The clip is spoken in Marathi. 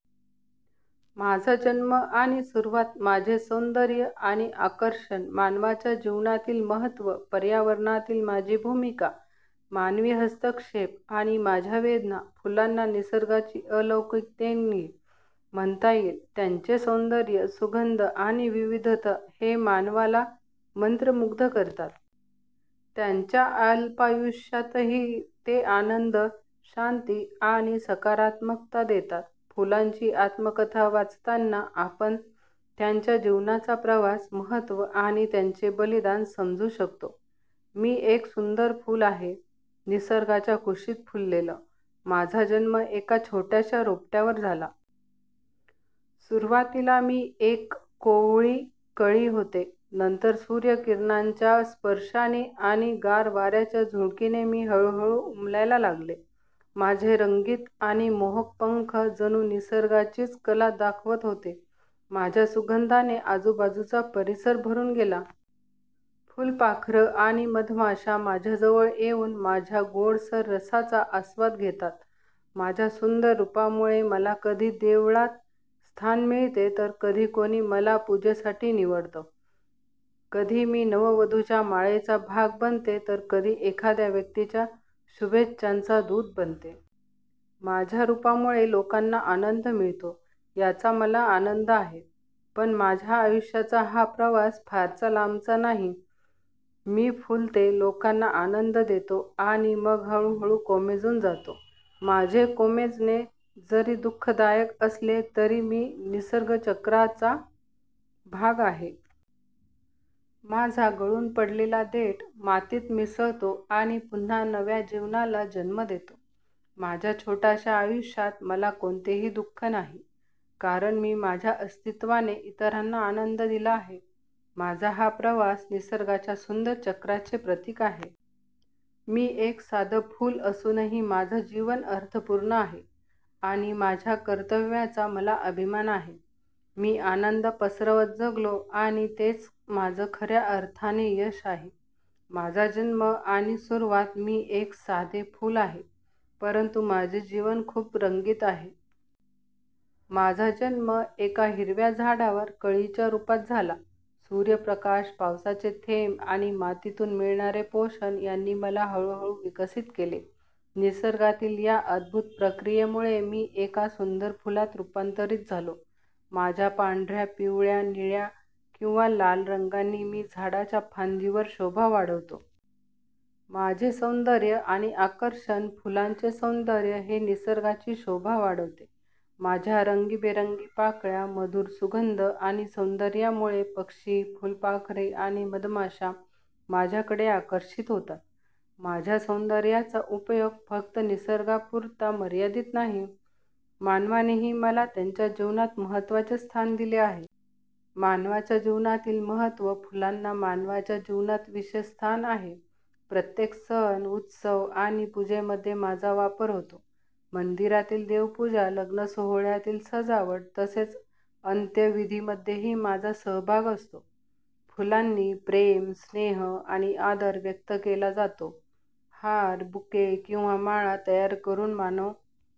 माझा जन्म आणि सुरुवात माझे सौंदर्य आणि आकर्षण मानवाच्या जीवनातील महत्त्व पर्यावरणातील माझी भूमिका मानवी हस्तक्षेप आणि माझ्या वेदना फुलांना निसर्गाची अलौकिक देणगी म्हणता येईल. त्यांचे सौंदर्य, सुगंध, आणि विविधता हे मानवाला मंत्रमुग्ध करतात. त्यांच्या अल्पायुष्यातही ते आनंद, शांती, आणि सकारात्मकता देतात. फुलांची आत्मकथा वाचताना आपण त्यांच्या जीवनाचा प्रवास, महत्त्व, आणि त्यांचे बलिदान समजू शकतो. मी एक सुंदर फूल आहे, निसर्गाच्या कुशीत फुललेले. माझा जन्म एका छोट्याशा रोपट्यावर झाला. सुरुवातीला मी एक कोवळी कळी होते. नंतर सूर्यकिरणांच्या स्पर्शाने आणि गार वाऱ्याच्या झुळुकीने मी हळूहळू उमलायला लागले. माझे रंगीत आणि मोहक पंख जणू निसर्गाचीच कला दाखवत होते. माझ्या सुगंधाने आजूबाजूचा परिसर भरून गेला. फुलपाखरं आणि मधमाशा माझ्याजवळ येऊन माझ्या गोडसर रसाचा आस्वाद घेतात. माझ्या सुंदर रूपामुळे मला कधी देवळात स्थान मिळते, तर कधी कोणी मला पूजेसाठी निवडतो. कधी मी नववधूच्या माळेचा भाग बनते, तर कधी एखाद्या व्यक्तीच्या शुभेच्छांचा दूत बनते. माझ्या रूपामुळे लोकांना आनंद मिळतो, याचा मला आनंद आहे. पण माझ्या आयुष्याचा हा प्रवास फारसा लांबचा नाही. मी फुलते, लोकांना आनंद देतो आणि मग हळूहळू कोमेजून जातो. माझे कोमेजणे जरी दुःखदायक असले तरी मी निसर्गचक्राचा भाग आहे. माझा गळून पडलेला देठ मातीत मिसळतो आणि पुन्हा नव्या जीवनाला जन्म देतो. माझ्या छोट्याशा आयुष्यात मला कोणतेही दुःख नाही, कारण मी माझ्या अस्तित्वाने इतरांना आनंद दिला आहे. माझा हा प्रवास निसर्गाच्या सुंदर चक्राचे प्रतीक आहे. मी एक साधं फूल असूनही माझं जीवन अर्थपूर्ण आहे, आणि माझ्या कर्तव्याचा मला अभिमान आहे. मी आनंद पसरवत जगलो आणि तेच माझं खऱ्या अर्थाने यश आहे. माझा जन्म आणि सुरुवात मी एक साधे फूल आहे, परंतु माझे जीवन खूप रंगीत आहे. माझा जन्म एका हिरव्या झाडावर कळीच्या रूपात झाला. सूर्यप्रकाश, पावसाचे थेंब, आणि मातीतून मिळणारे पोषण यांनी मला हळूहळू विकसित केले. निसर्गातील या अद्भुत प्रक्रियेमुळे मी एका सुंदर फुलात रूपांतरित झालो. माझ्या पांढऱ्या, पिवळ्या, निळ्या, किंवा लाल रंगांनी मी झाडाच्या फांदीवर शोभा वाढवतो. माझे सौंदर्य आणि आकर्षण फुलांचे सौंदर्य हे निसर्गाची शोभा वाढवते. माझ्या रंगीबेरंगी पाकळ्या, मधुर सुगंध, आणि सौंदर्यामुळे पक्षी, फुलपाखरे, आणि मधमाशा माझ्याकडे आकर्षित होतात. माझ्या सौंदर्याचा उपयोग फक्त निसर्गापुरता मर्यादित नाही, मानवानेही मला त्यांच्या जीवनात महत्त्वाचे स्थान दिले आहे. मानवाच्या जीवनातील महत्त्व फुलांना मानवाच्या जीवनात विशेष स्थान आहे. प्रत्येक सण, उत्सव, आणि पूजेमध्ये माझा वापर होतो. मंदिरातील देवपूजा, लग्नसोहळ्यातील सजावट, तसेच अंत्यविधीमध्येही माझा सहभाग असतो. फुलांनी प्रेम, स्नेह, आणि आदर व्यक्त केला जातो. हार, बुके, किंवा माळा तयार करून मानव